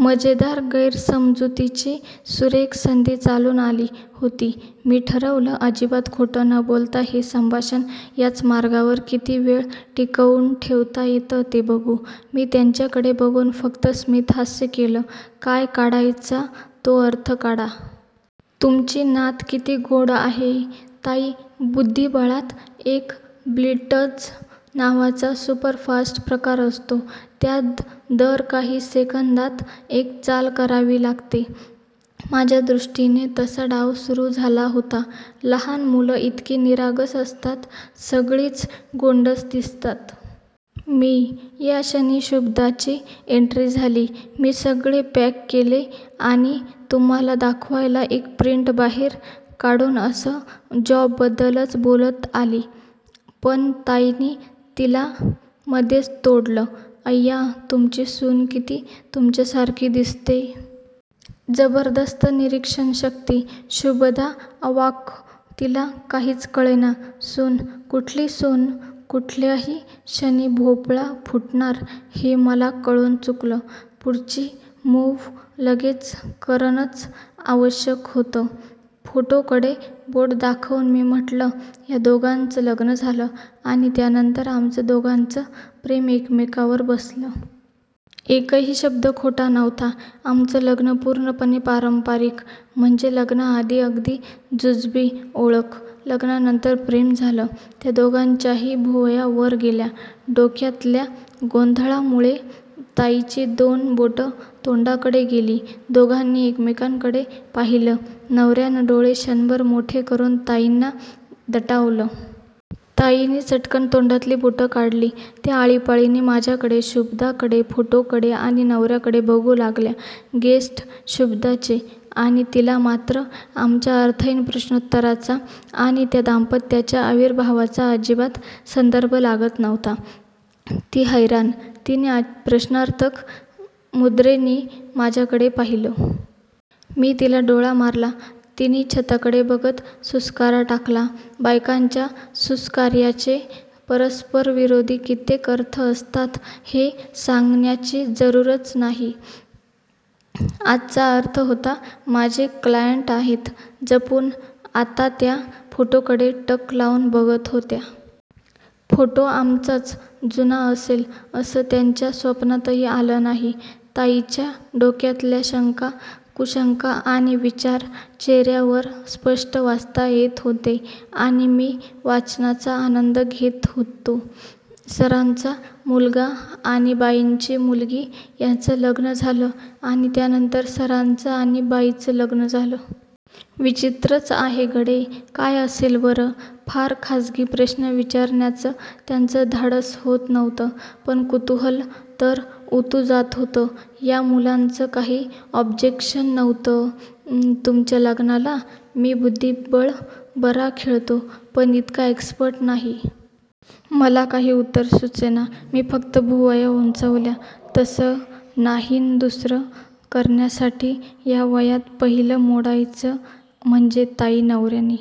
मजेदार गैरसमजुतीची सुरेख संधी चालून आली होती. मी ठरवलं. अजिबात खोटं न बोलता हे संभाषण याच मार्गावर किती वेळ टिकवून ठेवता येतं ते बघू! मी त्यांच्याकडे बघून फक्त स्मितहास्य केलं. काय काढायचा तो अर्थ काढा. "तुमची नात किती गोड आहे. " ताई. बुद्धिबळात एक 'ब्लिट्झ' नावाचा सुपरफास्ट प्रकार असतो. त्यात दर काही सेकंदात एक चाल करावी लागते. माझ्या दृष्टीनी तसा डाव सुरू झाला होता. "लहान मुलं इतकी निरागस असतात, सगळीच गोंडस दिसतात. " मी. या क्षणी शुभदाची एन्ट्री झाली. "मी सगळे पॅक केले आणि तुम्हाला दाखवायला एक प्रिंट बाहेर काढून" असं जॉबबद्दलच बोलत आली पण ताईंनी तिला मधेच तोडलं. "अय्या तुमची सून कित्ती तुमच्यासारखी दिसते! " जबरदस्त निरीक्षणशक्ती! शुभदा अवाक्! तिला काहीच कळेना. "सून? कुठली सून? "कुठल्याही क्षणी भोपळा फुटणार हे मला कळून चुकलं. पुढची मूव्ह लगेच करणंच आवश्यक होतं. फोटोकडे बोट दाखवून मी म्हटलं, "या दोघांचं लग्न झालं आणि त्यानंतर आमचं दोघांचं प्रेम एकमेकावर बसलं. " एकही शब्द खोटा नव्हता. आमचं लग्न पूर्णपणे पारंपारिक. म्हणजे लग्नाआधी अगदी जुजबी ओळख. लग्नानंतर प्रेम झालं. त्या दोघांच्याही भुवया वर गेल्या. डोक्यातल्या गोंधळामुळे ताईंची दोन बोटं तोंडाकडे गेली. दोघांनी एकमेकांकडे पाहिलं. नवर्यानं डोळे क्षणभर मोठे करून ताईंना दटावलं. ताईंनी चट्कन् तोंडातली बोटं काढली! त्या आळीपाळीनी माझ्याकडे, शुभदाकडे, फोटोकडे आणि नवर्याकडे बघू लागल्या. गेस्ट शुभदाचे. आणि तिला मात्र आमच्या अर्थहीन प्रश्नोत्तरांचा आणि त्या दाम्पत्याच्या आविर्भावांचा अजिबात संदर्भ लागत नव्हता. ती हैराण! तिनी प्रश्नार्थक मुद्रेनी माझ्याकडे पाहिलं. मी तिला डोळा मारला. तिनी छताकडे बघत सुस्कारा टाकला. बायकांच्या सुस्कार्याचे परस्परविरोधी कित्येक अर्थ असतात हे सांगण्याची जरूरच नाही. आजचा अर्थ होता, "माझे क्लायंट आहेत. जपून. "आता त्या फोटोकडे टक लावून बघत होत्या. फोटो आमचाच जुना असेल असं त्यांच्या स्वप्नातही आलं नाही. ताईंच्या डोक्यातल्या शंका कुशंका आणि विचार चेहर्यावर स्पष्ट वाचता येत होते आणि मी वाचनाचा आनंद घेत होतो. 'सरांचा मुलगा आणि बाईंची मुलगी यांचं लग्न झालं आणि त्यानंतर सरांचं आणि बाईंचं लग्न झालं? ' विचित्रच आहे गडे. काय असेल बरं? फार खाजगी प्रश्न विचारण्याचं त्यांचं धाडस होत नव्हतं. पण कुतूहल तर उतू जात होतं. "या मुलांचं काही ऑब्जेक्शन नव्हतं तुमच्या लग्नाला? मी बुद्धिबळ बरा खेळतो पण इतका एक्सपर्ट नाही. मला काही उत्तर सुचेना. मी फक्त भुवया उंचावल्या. "तसं नाहीणदुसरं करण्यासाठी या वयात पहिलं मोडायचं म्हणजे. ताई. नवर्यानी